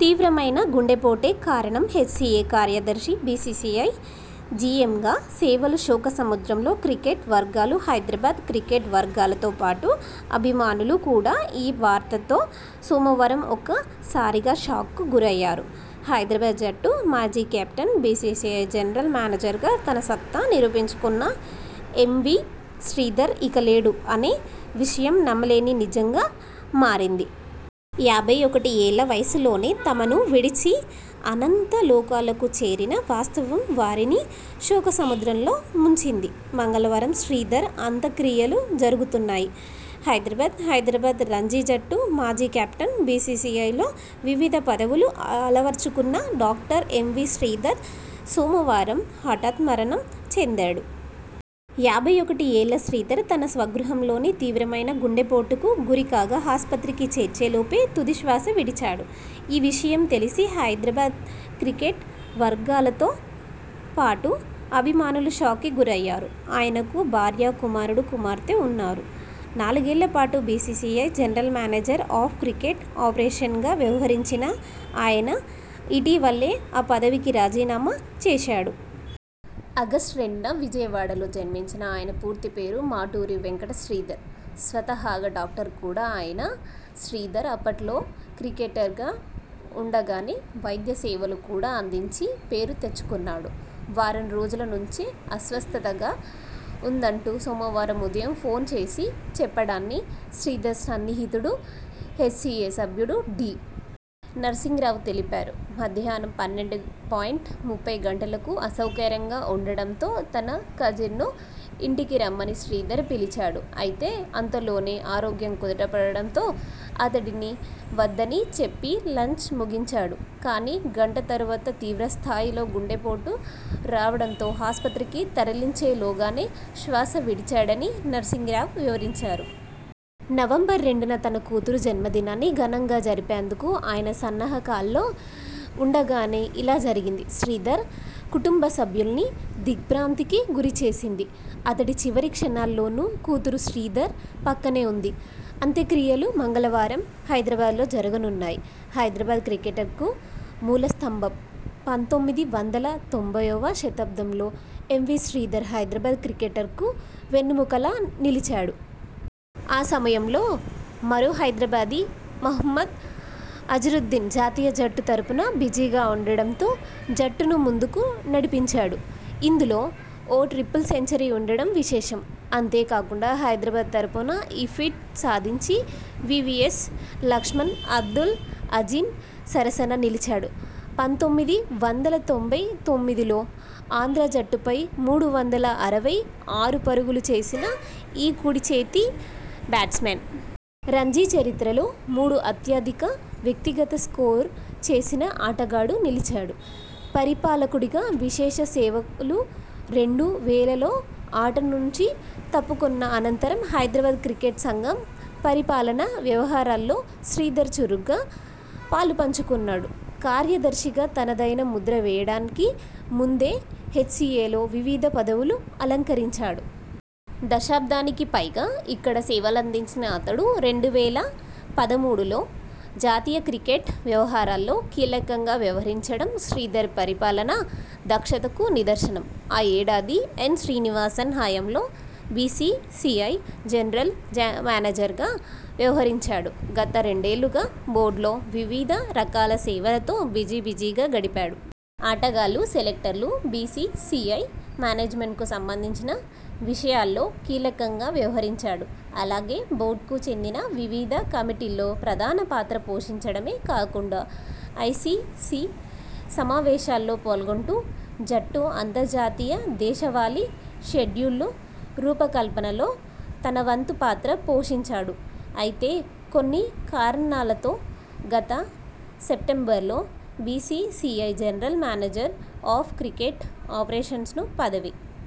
తీవ్రమైన గుండెపోటే కారణంహెచ్సీఏ కార్యదర్శి, బీసీసీఐ జీఎంగా సేవలుశోకసంద్రంలో క్రికెట్ వర్గాలుహైదరాబాద్ క్రికెట్ వర్గాలతో పాటు అభిమానులు కూడా ఈ వార్తతో సోమవారం ఒక్కసారిగా షాక్కు గురయ్యారు. హైదరాబాద్ జట్టు మాజీ కెప్టెన్, బీసీసీఐ జనరల్ మేనేజర్గా తన సత్తా నిరూపించుకున్న ఎంవీ శ్రీధర్ ఇక లేడు అనే విషయం నమ్మలేని నిజంగా మారింది. యాభై ఒకటి ఏళ్ల వయస్సులోనే తమను విడిచి అనంత లోకాలకు చేరిన వాస్తవం వారిని శోకసముద్రంలో ముంచింది. మంగళవారం శ్రీధర్ అంత్యక్రియలుజరగుతున్నాయి. హైదరాబాద్ హైదరాబాద్ రంజీ జట్టు మాజీ కెప్టెన్, బీసీసీఐలో వివిధ పద వులు అలంకరించిన డాక్టర్ ఎంవీ శ్రీధర్ సోమవారం హఠాన్మరణం చెందాడు. యాభై ఒకటి ఏళ్ల శ్రీధర్ తన స్వగృహంలోనే తీవ్రమైన గుండెపోటుకు గురికాగాఆస్పత్రికి చేర్చేలోపే తుది శ్వాస విడిచాడు. ఈ విషయం తెలిసి హైదరాబాద్ క్రికెట్ వర్గాలతో పాటు అభిమానులు షాక్కు గురయ్యారు. ఆయనకు భార్య, కుమారుడు, కుమార్తె ఉన్నారు. నాలుగేళ్ల పాటు BCCI general manager of cricket ఆపరేషన్స్గా వ్యవహరించిన ఆయన ఇటీవలే ఆ పదవికి రాజీనామా చేశాడు. ఆగస్టు రెండున విజయవాడలో జన్మించిన ఆయన పూర్తి పేరు మాటూరి వెంకట శ్రీధర్. స్వతహాగా డాక్టర్ కూడా అయిన శ్రీధర్ అప్పట్లో క్రికెటర్గా ఉండగానే వైద్య సేవలు కూడా అందించి పేరు తెచ్చుకున్నాడు. వారం రోజుల నుంచే అస్వస్థతగా ఉందంటూ సోమవారం ఉదయం ఫోన్ చేసి చెప్పాడని శ్రీధర్ సన్నిహితుడు, హెచ్సీఏ సభ్యుడు డి. నర్సింగ్ రావు తె లిపారు. 'మధ్యాహ్నం పన్నెండు పాయింట్ ముప్పై గంటలకు అసౌకర్యంగా ఉండడంతో తన కజిన్ను ఇంటికి రమ్మని శ్రీధర్ పిలిచాడు. అయితే అంతలోనే ఆరోగ్యం కుదుటపడడంతో అతడిని వద్దని చెప్పి లంచ్ ముగించాడు. కానీ గంట తర్వాత తీవ్రస్థాయిలో గుండెపోటు రావడంతో ఆస్పత్రికి తరలించేలోగానే శ్వాస విడిచాడ'ని నర్సింగ్ రావు వివరించారు. నవంబర్ రెండున తన కూతురు జన్మదినాన్ని ఘనంగా జరిపేందుకు ఆయన సన్నాహకాల్లో ఉండగానే ఇలా జరగింది శ్రీధర్ కుటుంబసభ్యుల్ని దిగ్ర్భాంతికి గురిచేసింది. అతడి చివరి క్షణాల్లోనూ కూతురు శ్రీధర్ పక్కనే ఉంది. అంత్యక్రియలు మంగళవారం హైదరాబాద్లో జరగనున్నాయి. హైదరాబాద్ క్రికెటర్కు మూలస్తంభం పంతొమ్మిది వందల తొంభైవ దశకంలో ఎంవీ శ్రీధర్ హైదరాబాద్ క్రికెటర్కు వెన్నెముకలా నిలిచాడు. ఆ సమయంలో మరో హైదరాబాదీ మహ్మద్ అజరుద్దీన్ జాతీయ జట్టు తరఫున బిజీగా ఉండడంతో జట్టును ముందుకు నడిపించాడు. ఇందులో ఓ ట్రిపుల్ సెంచరీ ఉండడం విశేషం. అంతేకాకుండా హైదరాబాద్ తరఫున ఈ ఫీట్ సాధించి.. వీవీఎస్ లక్ష్మణ్, అబ్దుల్ అజీమ్ సరసన నిలిచాడు. పంతొమ్మిది వందల తొంభై తొమ్మిదిలో ఆంధ్ర జట్టుపై మూడు వందల అరవై ఆరు పరుగులు చేసిన ఈ కుడిచేతి బ్యాట్స్మన్.. రంజీ చరిత్రలో మూడు అత్యధిక వ్యక్తిగత స్కోరు చేసిన ఆటగాడిగా నిలిచాడు. పరిపాలకుడిగా విశేష సేవకులు రెండు వేలలో ఆట నుంచి తప్పుకొన్న అనంతరం హైదరాబాద్ క్రికెట్ సంఘం పరిపాలనా వ్యవహారాల్లో శ్రీధర్ చురుగ్గా పాలుపంచుకున్నాడు. కార్యద ర్శిగా తనదైన ముద్ర వేయడానికి ముందే హెచ్సీఏలో వివిధ పదవులు అలంకరించాడు. దశాబ్దానికిపైగా ఇక్కడ సేవలందించిన అతడు రెండు వేల పదమూడులో జాతీయ క్రికెట్ వ్యవహారాల్లో కీలకంగా వ్యవహరించడం శ్రీధర్ పరిపాలనా దక్షతకు నిదర్శనం. ఆ ఏడాది ఎన్. శ్రీనివాసన్ హయాంలో బీసీసీఐ జనరల్ మేనేజర్గా వ్యవహరించాడు. గత రెండేళ్లుగా బోర్డులో వివిధ రకాల సేవలతో బిజీబిజీగా గడిపాడు. ఆటగాళ్లు, సెలెక్టర్లు, బీసీసీఐ మేనేజ్మెంట్కు సంబంధించిన విషయాల్లో కీలకంగా వ్యవహరించాడు. అలాగే బోర్డుకు చెందిన వివిధ కమిటీల్లో ప్రధాన పాత్ర పోషించడమే కాకుండా ఐసీసీ సమావేశాల్లో పాల్గొంటూ జట్టు అంతర్జాతీయ, దేశవాళీ షెడ్యూళ్ల రూపకల్పనలో తన వంతు పాత్ర పోషించాడు. అయితే కొన్ని కారణాలతో గత సెప్టెంబర్లో BCCI general manager of cricket operations పదవి